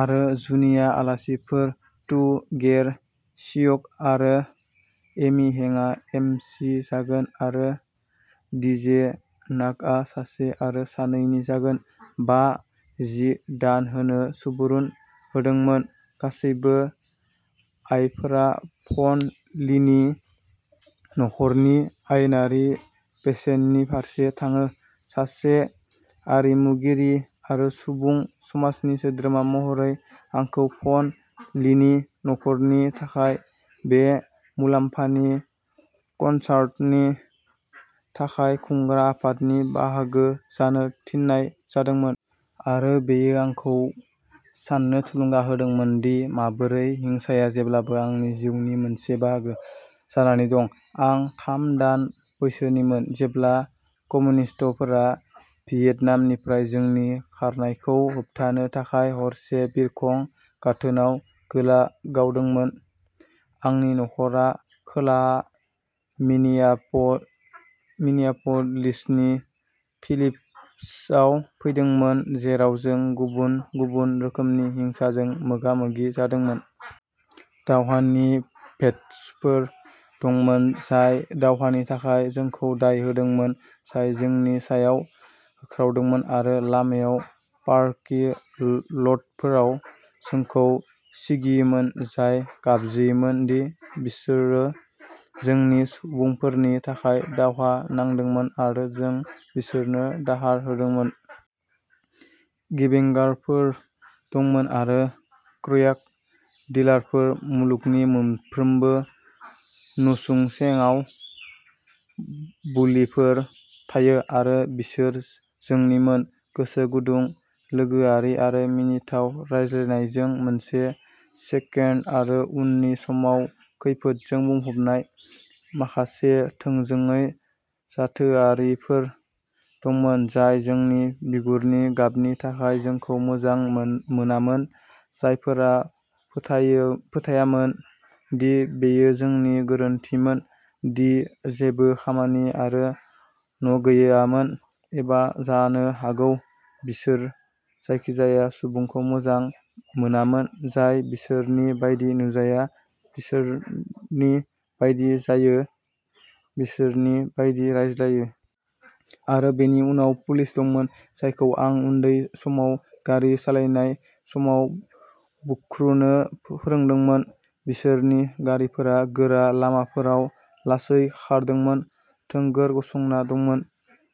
आरो जुनिया आलासिफोर। तु गेर शियोंग आरो एमि हेंआ एमसी जागोन आरो डीजे नाकआ सासे आरो सानैनि जागोन। बा ,जि दान होनो सुबुरुन होदोंमोन। गासैबो आयफोरा फ'न लीनि नखरनि आयेनारि बेसेननि फारसे थाङो। सासे आरिमुगिरि आरो सुबुं समाजनि सोद्रोमा महरै, आंखौ फ'न लीनि नखरनि थाखाय बे मुलाम्फानि कनसार्टनि थाखाय खुंग्रा आफादनि बाहागो जानो थिननाय जादोंमोन। आरो बेयो आंखौ साननो थुलुंगा होदोंमोन दि माबोरै हिंसाया जेब्लाबो आंनि जिउनि मोनसे बाहागो जानानै दं। आं थाम दान बैसोनिमोन जेब्ला कमिउनिस्टफोरा भियेटनामनिफ्राय जोंनि खारनायखौ होबथानो थाखाय हरसे बिरखं गाथोनआव गोला गावदोंमोन। आंनि नखरा खोला मिनियाप मिनियाप'लिसनि फिलिप्सआव फैदोंमोन, जेराव जों गुबुन-गुबुन रोखोमनि हिंसाजों मोगा-मोगि जादोंमोन। दावहानि भेट्सफोर दंमोन जाय दावहानि थाखाय जोंखौ दाय होदोंमोन, जाय जोंनि सायाव होख्रावदोंमोन आरो लामायाव पार्किं ल'टफोराव जोंखौ सिगियोमोन, जाय गाबज्रियोमोन दि बिसोरो जोंनि सुबुंफोरनि थाखाय दावहा नांदोंमोन आरो जों बिसोरनो दाहार होदोंमोन। गेंबेंगारफोर दंमोन। आरो क्र्याक डिलारफोर-मुलुगनि मोनफ्रोमबो नसुंसेआव बुल्लिफोर थायो, आरो बिसोर जोंनिमोन, गोसो गुदुं, लोगोआरि आरो मिनिथाव रायज्लायनायजों मोनसे सेकेन्ड आरो उननि समाव खैफोदजों बुंफबनाय। माखासे थोंजोङै जाथोआरिफोर दंमोन जाय जोंनि बिगुरनि गाबनि थाखाय जोंखौ मोजां मो-मोनामोन, जायफोरा फोथाया फोथायोमोन दि बेयो जोंनि गोरोन्थिमोन दि जेबो खामानि आरो न'गैयामोन, एबा जानो हागौ बिसोर जायखिजाया सुबुंखौ मोजां मोनामोन जाय बिसोरनि बायदि नुजाया, बिसोरनि बायदि जायो, बिसोरनि बायदि रायज्लायो। आरो बेनि उनाव पुलिस दंमोन, जायखौ आं उन्दै समाव गारि सालायनाय समाव बुख्रुनो फोरोंदोंमोन, बिसोरनि गारिफोरा गोरा लामाफोराव लासै खारदोंमोन, थोंगोर गसंना दंमोन,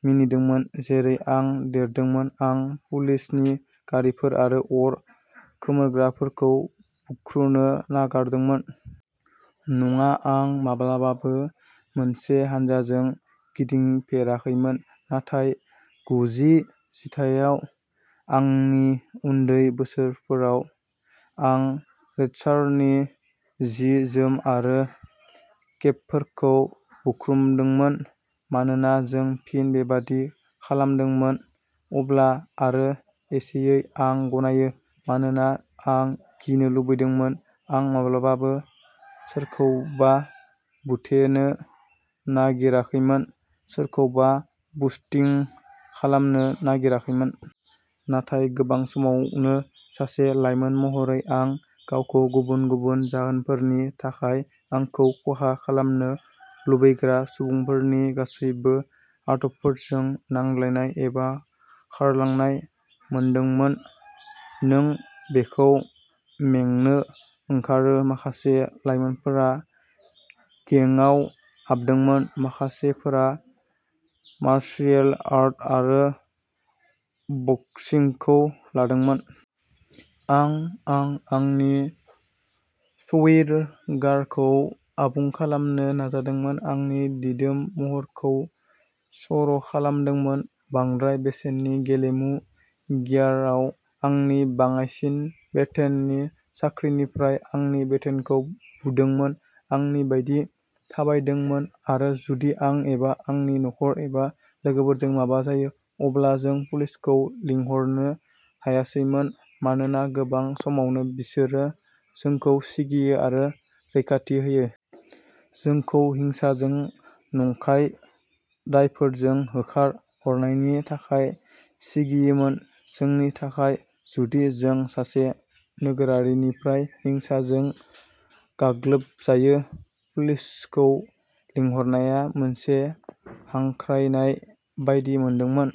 मिनिदोंमोन। जेरै आं देरदोंमोन, आं पुलिसनि गारिफोर आरो अर खोमोरग्राफोरखौ बुख्रुनो नागारदोंमोन। नङा, आं माब्लाबाबो मोनसे हान्जाजों गिदिंफेराखैमोन, नाथाय गुजि जिथाइयाव आंनि उन्दै बोसोरफोराव आं रेडार्सनि जि-जोम आरो केपफोरखौ बुख्रुमदोंमोन, मानोना जों फिन बेबादि खालामदोंमोन। अब्ला, आरो एसेयै, आं गनायो, मानोना आं गिनो लुबैदोंमोन। आं माब्लाबाबो सोरखौबा बुथेनो नागिराखैमोन, सोरखौबा बुस्टिं खालामनो नागिराखैमोन। नाथाय गोबां समावनो, सासे लाइमोन महरै आं गावखौ गुबुन गुबुन जाहोनफोरनि थाखाय आंखौ खहा खालामनो लुबैग्रा सुबुंफोरनि गासैबो आदबफोरजों नांलायनाय एबा खारलांनाय मोनदोंमोन। नों बेखौ मेंनो ओंखारो। माखासे लाइमोनफोरा गेंआव हाबदोंमोन, माखासेफोरा मार्शियेल आर्ट आरो बक्सिंखौ लादोंमोन। आं, आं आंनि स्वैगारखौ आबुं खालामनो नाजादोंमोन, आंनि दिदोम महरखौ सर'खालामदोंमोन, बांद्राय बेसेननि गेलेमु गियारआव आंनि बाङाइसिन बेथननि साख्रिनिफ्राय आंनि बेथनखौ बुदोंमोन, आंनि बायदि थाबायदोंमोन। आरो जुदि आं एबा आंनि नखर एबा लोगोफोरजों माबा जायो, अब्ला जों पुलिसखौ लिंहरनो हायासैमोन, मानोना गोबां समावनो बिसोरो जोंखौ सिगियो आरो रैखाथि होयो। जोंखौ हिंसाजों, नंखाय दायफोरजों, होखार हरनायनि थाखाय सिगियोमोन। जोंनि थाखाय, जुदि जों सासे नोगोरारिनिफ्राय हिंसाजों गाग्लोबजायो, पुलिसखौ लिंहरनाया मोनसे हांख्रायनाय बायदि मोनदोंमोन।